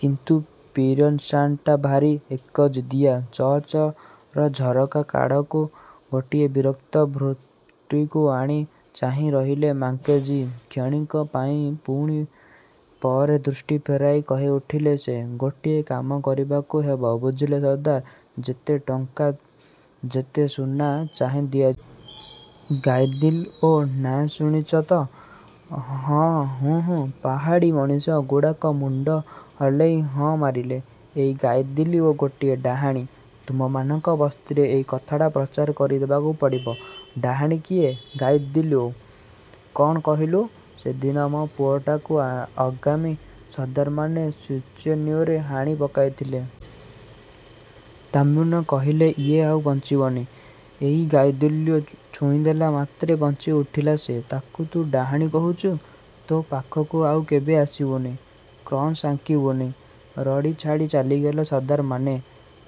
କିନ୍ତୁ ପିଅରସନ୍ଟା ଭାରି ଏକଜିଦିଆ। ଚର୍ଚ୍ଚର ଝରକା କଡ଼କୁ ଗୋଟାଏ ବିରକ୍ତ ଭୃକୁଟି ହାଣି କରି ଚାହିଁରହିଲେ ମାକେଂଜି। କ୍ଷଣିକ ପାଇଁ ପୁଣି ପରେ ଦୃଷ୍ଟି ଫେରାଇ କହିଉଠିଲେ ସେ। –ଗୋଟିଏ କାମ କରିବାକୁ ହେବ ବୁଝିଲ ସର୍ଦ୍ଦାର। ଯେତେ ଟଙ୍କା ଯେତେ ସୁନା ଚାହଁ ଦିଆଯିବ। ଗାଇଦିଲି ଓ ନାଁ ଶୁଣିଚ ତ। ହୁଁ ହୁଁ, ପାହାଡ଼ୀ ମଣିଷ ଗୁଡ଼ାକ ମୁଣ୍ଡ ହଲେଇ ହଁ ମାରିଲେ। ଏଇ ଗାଇଦିଲିଓ ଗୋଟାଏ ଡାହାଣୀ। ତୁମମାନଙ୍କ ବସ୍ତିରେ ଏଇ କଥାଟା ପ୍ରଚାର କରିଦେବାକୁ ପଡ଼ିବ। –ଡାହାଣୀ କିଏ, ଗାଇଦିଲିଓ? କଣ କହିଲୁ? ସେଦିନ ମୋ ପୁଅଟାକୁ ଆଙ୍ଗାମୀ ସର୍ଦ୍ଦାରମାନେ ସୁଚେନ୍ୟୁରେ ହାଣି ପକାଇଥିଲେ। ତାମୁନ୍ୟୁ କହିଲେ ଇଏ ଆଉ ବଞ୍ଚବନି। ଏଇ ଗାଇଦିଲିଓ ଛୁଇଁଦେଲା ମାତ୍ରେ ବଞ୍ଚିଉଠିଲା ସେ। ତାକୁ ତୁ ଡାହାଣୀ କହୁଛୁ? ତୋ ପାଖକୁ ଆଉ କେବେ ଆସିବୁନି। କ୍ରସ ଆଙ୍କିବୁନି। ରଡ଼ି ଛାଡ଼ି ଚାଲିଗଲେ ସର୍ଦ୍ଦାରମାନେ।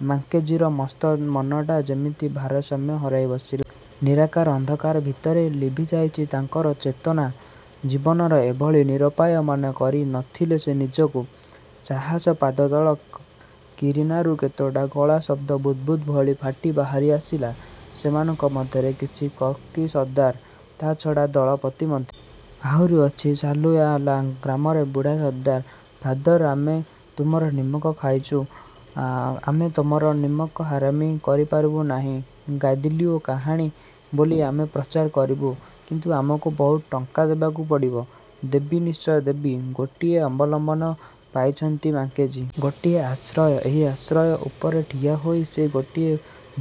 ମାକେଞ୍ଜିର ମସ୍ତ ମନଟା ଯେମିତି ଭାରସାମ୍ୟ ହରେଇ ବସିଲା। ନିରାକାର ଅନ୍ଧକାର ଭିତରେ ଲିଭିଯାଇଚି ତାଙ୍କର ଚେତନା। ଜୀବନରେ ଏଭଳି ନିରୁପାୟ ମନେ କରି ନ ଥିଲେ ସେ ନିଜକୁ। ସହସା ପାଦତଳ କିନାରାରୁ କେତୋଟି ଗଳା ଶବ୍ଦ ବୁଦ୍ ବୁଦ୍ ଭଳି ଫୁଟି ବାହାରି ଆସିଲା। ସେମାନଙ୍କ ମଧ୍ୟରେ ଅଛି କୁକୀ ସର୍ଦ୍ଦାର। ତା ଛାଡ଼ି ଦଳପତି ମଧ୍ୟ। ଆଉରି ଅଛି ସାଲୁୟାଲାଙ୍ଗ ଗ୍ରାମର ବୁଢ଼ା ସର୍ଦ୍ଦାର। ଫାଦର। ଆମେ ତୁମର ନିମକ ଖାଇଚୁ, ଆମେ ତୁମର ନିମକହାରାମି କରିପାରିବୁ ନାହିଁ। ଗାଇଦିଲିଓ ଡାହାଣୀ ବୋଲି ଆମେ ପ୍ରଚାର କରିବୁ, କିନ୍ତୁ ଆମକୁ ବହୁତ ଟଙ୍କା ଦେବାକୁ ପଡ଼ିବ। –ଦେବି, ନିଶ୍ଚୟ ଦେବି, ଗୋଟାଏ ଅବଲମ୍ବନ ପାଇଚନ୍ତି ମାକେଞ୍ଜି। ଗୋଟାଏ ଆଶ୍ରୟ। ଏହି ଆଶ୍ରୟ ଉପରେ ଠିଆହୋଇ ସେ ଗୋଟାଏ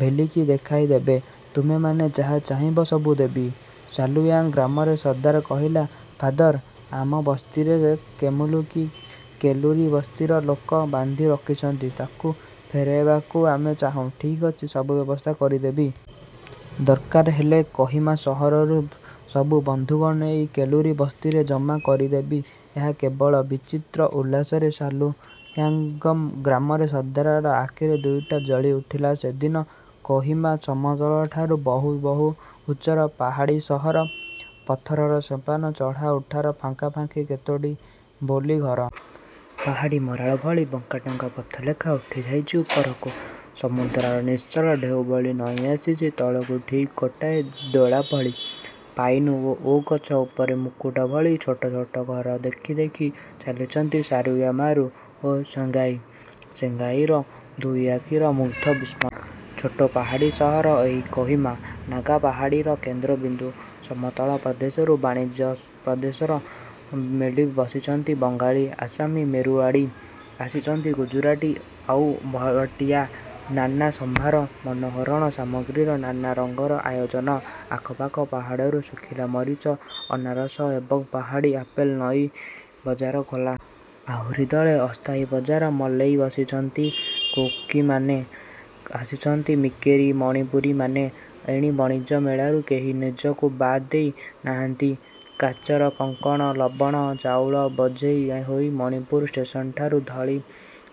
ଭେଲିକି ଦେଖାଇ ଦେବେ। ତୁମେମାନେ ଯାହା ଚାହିଁବ ସବୁ ଦେବି। ସାଲୁୟାଲାଙ୍ଗ ଗ୍ରାମର ସର୍ଦ୍ଦାର କହିଲା–ଫାଦର। ଆମ ବସ୍ତିର କେମଲୀକୁ କେଲୁରୀ ବସ୍ତିର ଲୋକେ ବାନ୍ଧି ରଖିଛନ୍ତି –ତାକୁ ଫେରିପାଇବାକୁ ଆମେ ଚାହୁଁ। –ଠିକ୍ ଅଛି, ସବୁ ବ୍ୟବସ୍ଥା କରିଦେବି। ଦରକାର ହେଲେ କୋହିମା ସହରରୁ ସବୁ ବନ୍ଧୁକ ନେଇ କେଲୁରୀ ବସ୍ତିରେ ଜମା କରିଦେବି ଏକାବେଳକେ। ବିଚିତ୍ର ଉଲ୍ଲାସରେ ସାଲୁୟାଲାଙ୍ଗ ଗ୍ରାମର ସର୍ଦ୍ଦାରର ଆଖି ଦୁଇଟା ଜଳି ଉଠିଲା ସେଦିନ-। କୋହିମା। ସମତଳଠାରୁ ବହୁ, ବହୁ ଉଚ୍ଚରେ ପାହାଡ଼ୀ ସହର। ପଥରର ସୋପାନେ ଚଢ଼ା ଉଠାର ଫାଙ୍କେ ଫାଙ୍କେ କେତୋଟି ବୋଲି ଘର। ପାହାଡ଼ୀ ମରାଳ ଭଳି ବଙ୍କାଟଙ୍କା ପଥଲେଖା ଉଠିଯାଇଚି ଉପରକୁ–ସମୁଦ୍ରର ନିଶ୍ଚଳ ଢେଉଭଳି ନଇଁଆସିଚି ତଳକୁ ଠିକ୍ ଗୋଟାଏ ଦୋଳା ଭଳି। ପାଇନ ଓ ଓକ୍ ଗଛ ଉପରେ ମୁକୁଟ ଭଳି ଛୋଟ ଛୋଟ ଘର ଦେଖି ଦେଖି ଚାଲିଛନ୍ତି ସାରୁୟାମାରୁ ଓ ସେଙ୍ଗାଇ। ସେଙ୍ଗାଇର ଦୁଇ ଆଖିରେ ମୁଗ୍ଧ ବିସ୍ମୟ। ଛୋଟ ପାହାଡ଼ୀ ସହର ଏହି କୋହିମା। ନାଗା ପାହାଡ଼ର କେନ୍ଦ୍ର ବିନ୍ଦୁ। ସମତଳ ପ୍ରଦେଶରୁ ବାଣିଜ୍ୟପ୍ରସାର ମେଲି ବସିଛନ୍ତି ବଙ୍ଗାଳୀ, ଆସାମୀ, ମାରୁଆଡ଼ି। ଆସିଛନ୍ତି ଗୁଜୁରାଟୀ ଆଉ ଭୁଟିୟା। ନାନା ସଂଭାର, ମନୋହରଣ ସାମଗ୍ରୀରେ ନାନା ରଙ୍ଗର ଆୟୋଜନ। ଆଖପାଖ ପାହାଡ଼ରୁ ଶୁଖିଲା ମରିଚ, ଅନାରସ ଏବଂ ପାହାଡ଼ୀ ଆପେଲ ନେଇ ବଜାର ଖୋଲା। ଆହୁରି ଦଳେ ଅସ୍ଥାୟୀ ବଜାର ମେଲେଇ ବସିଛନ୍ତି କୁକୀମାନେ। ଆସିଛନ୍ତି ମିକେରୀ, ମଣିପୁରୀମାନେ। ଏହି ବାଣିଜ୍ୟ ମେଳାରୁ କେହି ନିଜକୁ ବାଦ ଦେଇ। ନାହାନ୍ତି। କାଚର କଙ୍କଣ, ଲବଣ, ଚାଉଳ ବୋଝେଇ ହୋଇ ମଣିପୁର ଷ୍ଟେସନଠାରୁ ଧାଡ଼ି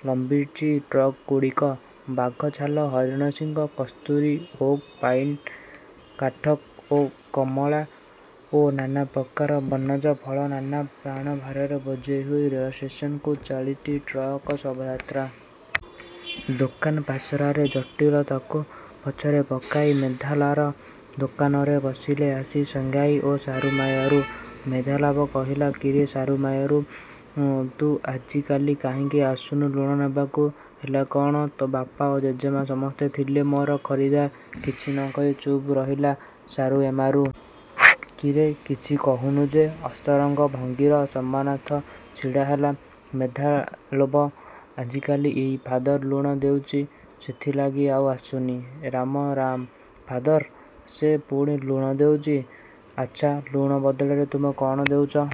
ଲମ୍ବିଚି ଟ୍ରକ ଗୁଡ଼ିକ। ବାଘଛାଲ, ହରିଣଶିଙ୍ଗ, କସ୍ତୁରୀ, ଓକ ଓ ପାଇନ କାଠ, କମଳା ଓ ନାନା ପ୍ରକାର ବନଜ ଫଳ–ନାନା ପଣ୍ୟଭାରରେ ବୋଝେଇ ହୋଇ ରେଳଷ୍ଟେସନକୁ ଚାଲିଚି ଟ୍ରକ ଶୋଭାଯାତ୍ରା-। ଦୋକାନ ପସରାର ଜଟିଳତାକୁ ପଛରେ ପକାଇ ମାଧୋଲାଲର ଦୋକାନରେ ବସିଲେ ଆସି ସେଙ୍ଗାଇ ଓ ସାରୁୟାମାରୁ। ମାଧୋଲାଲ କହିଲା କିରେ ସାରୁୟାମାରୁ–ତୁ ତ ଆଜିକାଲି କାହିଁକି ଆସୁନୁ ଲୁଣ ନେବାକୁ? ହେଲା କ'ଣ? ତୋ ବାପା ଓ ଜେଜେବାପା ସମସ୍ତେ ଥିଲେ ମୋର ଖରିଦ୍ଦାର। କିଛି ନ କହି ଚୁପ୍ ରହିଲା ସାରୁୟାମାରୁ। କିରେ, କିଛି କହୁନୁ ଯେ। ଅନ୍ତରଙ୍ଗ ଭଙ୍ଗୀରେ ସାମନାରେ ଛିଡ଼ାହେଲା ମାଧୋଲାଲ। ଆଜିକାଲି ଏଇ ଫାଦର ଲୁଣ ଦେଉଚି, ସେଇଥିଲାଗି ଆଉ ଆସୁନି। ରାମ, ରାମ, ଫାଦର! ସେ ପୁଣି ଲୁଣ ଦେଉଚି? ଆଚ୍ଛା, ଲୁଣ ବଦଳରେ ତୁମେ କଣ ଦେଉଚ?